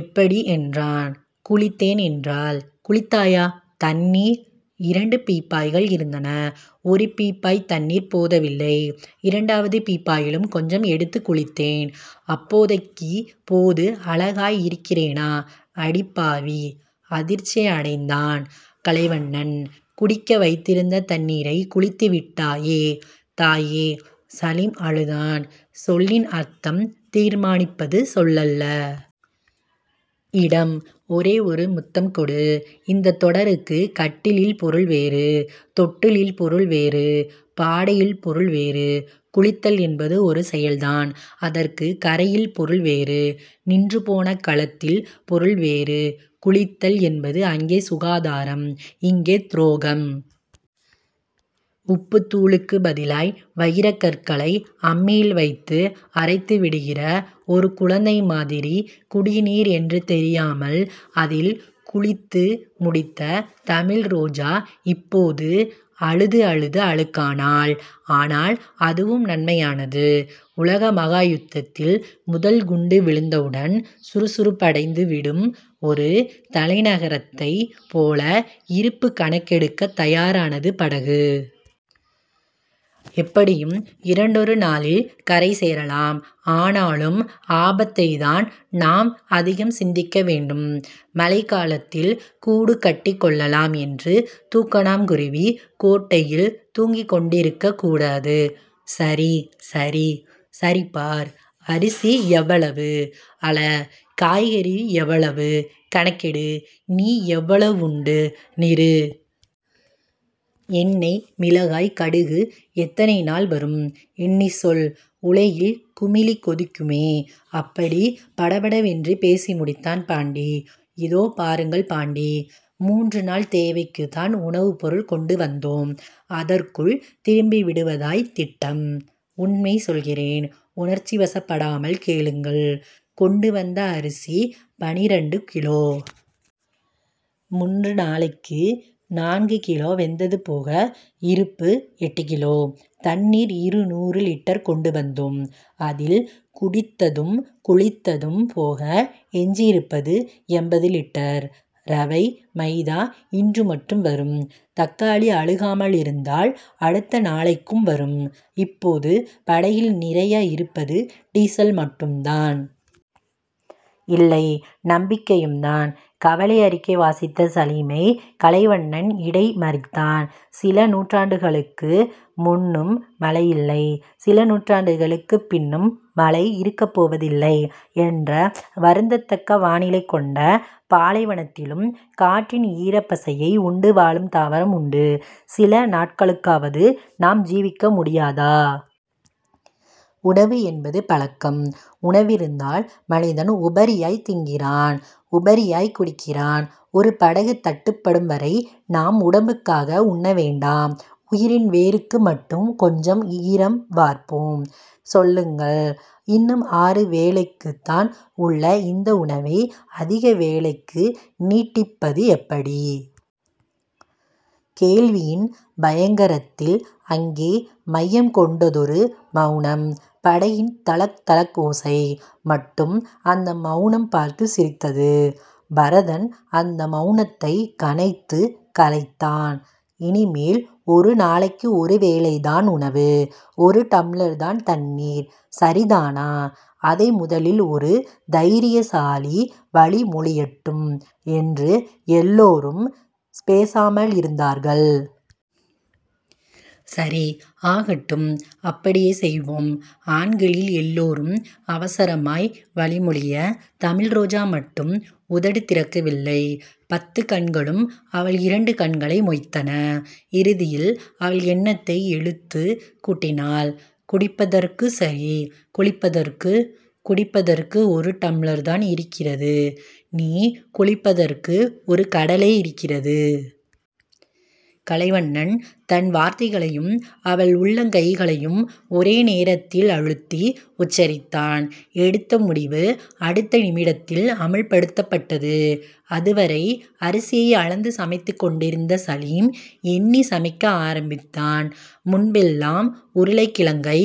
எப்படி? என்றான். குளித்தேன் என்றாள். குளித்தாயா? தண்ணீர்..? இரண்டு பீப்பாய்கள் இருந்தன. ஒரு பீப்பாய்த் தண்ணீர் போதவில்லை. இரண்டாவது பீப்பாயிலும் கொஞ்சம் எடுத்துக் குளித்தேன். அப்போதைக்கிப்போது அழகாய் இருக்கிறேனா? அடிப்பாவி. அதிர்ச்சியடைந்தான் கலைவண்ணன். குடிக்க வைத்திருந்த தண்ணீரைக் குளித்துவிட்டாயே தாயே சலீம் அழுதான். சொல்லின் அர்த்தம் தீர்மானிப்பது சொல்லல்ல. இடம். ஒரே ஒரு முத்தம் கொடு. இந்தத் தொடருக்குக் கட்டிலில் பொருள் வேறு. தொட்டிலில் பொருள் வேறு. பாடையில் பொருள் வேறு. குளித்தல் என்பது ஒரு செயல்தான். அதற்குக் கரையில் பொருள் வேறு. நின்றுபோன கலத்தில் பொருள் வேறு. குளித்தல் என்பது அங்கே சுகாதாரம். இங்கே துரோகம். உப்புத்தூளுக்குப் பதிலாய் வைரக்கற்களை அம்மியில் வைத்து அரைத்துவிடுகிற ஒரு குழந்தை மாதிரி குடிநீர் என்று தெரியாமல் அதில் குளித்து முடித்த தமிழ்ரோஜா இப்போது அழுது அழுது அழுக்கானாள். ஆனால், அதுவும் நன்மையானது. உலகமகா யுத்தத்தில் முதல் குண்டு விழுந்தவுடன் சுறுசுறுப்படைந்துவிடும் ஒரு தலைநகரத்தைப் போல இருப்புக் கணக்கெடுக்கத் தயாரானது படகு. எப்படியும் இரண்டொரு நாளில் கரை சேரலாம். ஆனாலும் ஆபத்தைத்தான் நாம் அதிகம் சிந்திக்க வேண்டும். மழைக்காலத்தில் கூடு கட்டிக் கொள்ளலாம் என்று தூக்கணாங்குருவி கோடையில் தூங்கிக்கொண்டிருக்கக் கூடாது. சரி... சரி... சரி பார். அரிசி எவ்வளவு? அள. காய்கறி எவ்வளவு? கணக்கெடு. நீ எவ்வளவுண்டு நிறு. எண்ணெய் மிளகாய் கடுகு எத்தனை நாள் வரும்? எண்ணிச் சொல். உலையில் குமிழி கொதிக்குமே. அப்படிப் படபடவென்று பேசி முடித்தான் பாண்டி. இதோ பாருங்கள் பாண்டி. முன்று நாள் தேவைக்குத்தான் உணவுப்பொருள் கொண்டு வந்தோம். அதற்குள் திரும்பிவிடுவதாய்த் திட்டம். உண்மை சொல்கிறேன். உணர்ச்சிவசப்படாமல் கேளுங்கள். கொண்டு வந்த அரிசி பன்னிரண்டு கிலோ. முன்று நாளைக்கு. நான்கு கிலோ வெந்தது போக, இருப்பு எட்டு கிலோ. தண்ணீர் இருநூறு லிட்டர் கொண்டு வந்தோம். அதில் குடித்ததும் குளித்ததும் போக எஞ்சியிருப்பது எண்பது லிட்டர். ரவை, மைதா இன்றுமட்டும் வரும். தக்காளி அழுகாமலிருந்தால் அடுத்த நாளைக்கும் வரும். இப்போது படகில் நிறைய இருப்பது டீசல் மட்டும்தான். இல்லை. நம்பிக்கையும்தான். கவலைஅறிக்கை வாசித்த சலீமைக் கலைவண்ணன் இடைமறித்தான். சில நூற்றாண்டுகளுக்கு முன்னும் மழை இல்லை. சில நூற்றாண்டுகளுக்குப் பின்னும் மழை இருக்கப் போவதில்லை என்ற வருந்தத்தக்க வானிலை கொண்ட பாலைவனத்திலும் காற்றின் ஈரப்பசையை உண்டு வாழும் தாவரம் உண்டு. சில நாட்களுக்காவது நாம் ஜீவிக்க முடியாதா? உணவு என்பது பழக்கம். உணவிருந்தால் மனிதன் உபரியாய்த் தின்கிறான். உபரியாய்க் குடிக்கிறான். ஒரு படகு தட்டுப்படும் வரை நாம் உடம்புக்காக உண்ண வேண்டாம். உயிரின் வேருக்கு மட்டும் கொஞ்சம் ஈரம் வார்ப்போம். சொல்லுங்கள்... இன்னும் ஆறு வேளைக்குத்தான் உள்ள இந்த உணவை அதிக வேளைக்கு நீட்டிப்பது எப்படி? கேள்வியின் பயங்கரத்தில் அங்கே மையம் கொண்டதொரு மெளனம். படகின் தளக், தளக், ஓசை மட்டும் அந்த மெளனம் பார்த்துச் சிரித்தது. பரதன் அந்த மெளனத்தைக் கனைத்துக் கலைத்தான். இனிமேல் ஒரு நாளுக்கு ஒரு வேளைதான் உணவு. ஒரு டம்ளர்தான் தண்ணீர். சரிதானா? அதை முதலில் ஒரு தைரியசாலி வழிமொழியட்டும் என்று எல்லோரும் பேசாமலிருந்தார்கள். சரி... ஆகட்டும்... அப்படியே செய்வோம்... ஆண்களில் எல்லோரும் அவசரமாய் வழிமொழிய, தமிழ்ரோஜா மட்டும் உதடுதிறக்கவில்லை. பத்துக் கண்களும் அவள் இரண்டு கண்களை மொய்த்தன. இறுதியில் அவள் எண்ணத்தை எழுத்துக் கூட்டினாள். குடிப்பதற்குச் சரி... குளிப்பதற்கு..? குடிப்பதற்கு ஒரு டம்ளர்தான் இருக்கிறது. நீ குளிப்பதற்கு ஒரு கடலே இருக்கிறது. கலைவண்ணன் தன் வார்த்தைகளையும் அவள் உள்ளங்கைகளையும் ஒரே நேரத்தில் அழுத்தி உச்சரித்தான். எடுத்த முடிவு அடுத்த நிமிடத்தில் அமல்படுத்தப்பட்டது. அதுவரை அரிசியை அளந்து சமைத்துக்கொண்டிருந்த சலீம் எண்ணிச் சமைக்க ஆரம்பித்தான். முன்பெல்லாம் உருளைக்கிழங்கை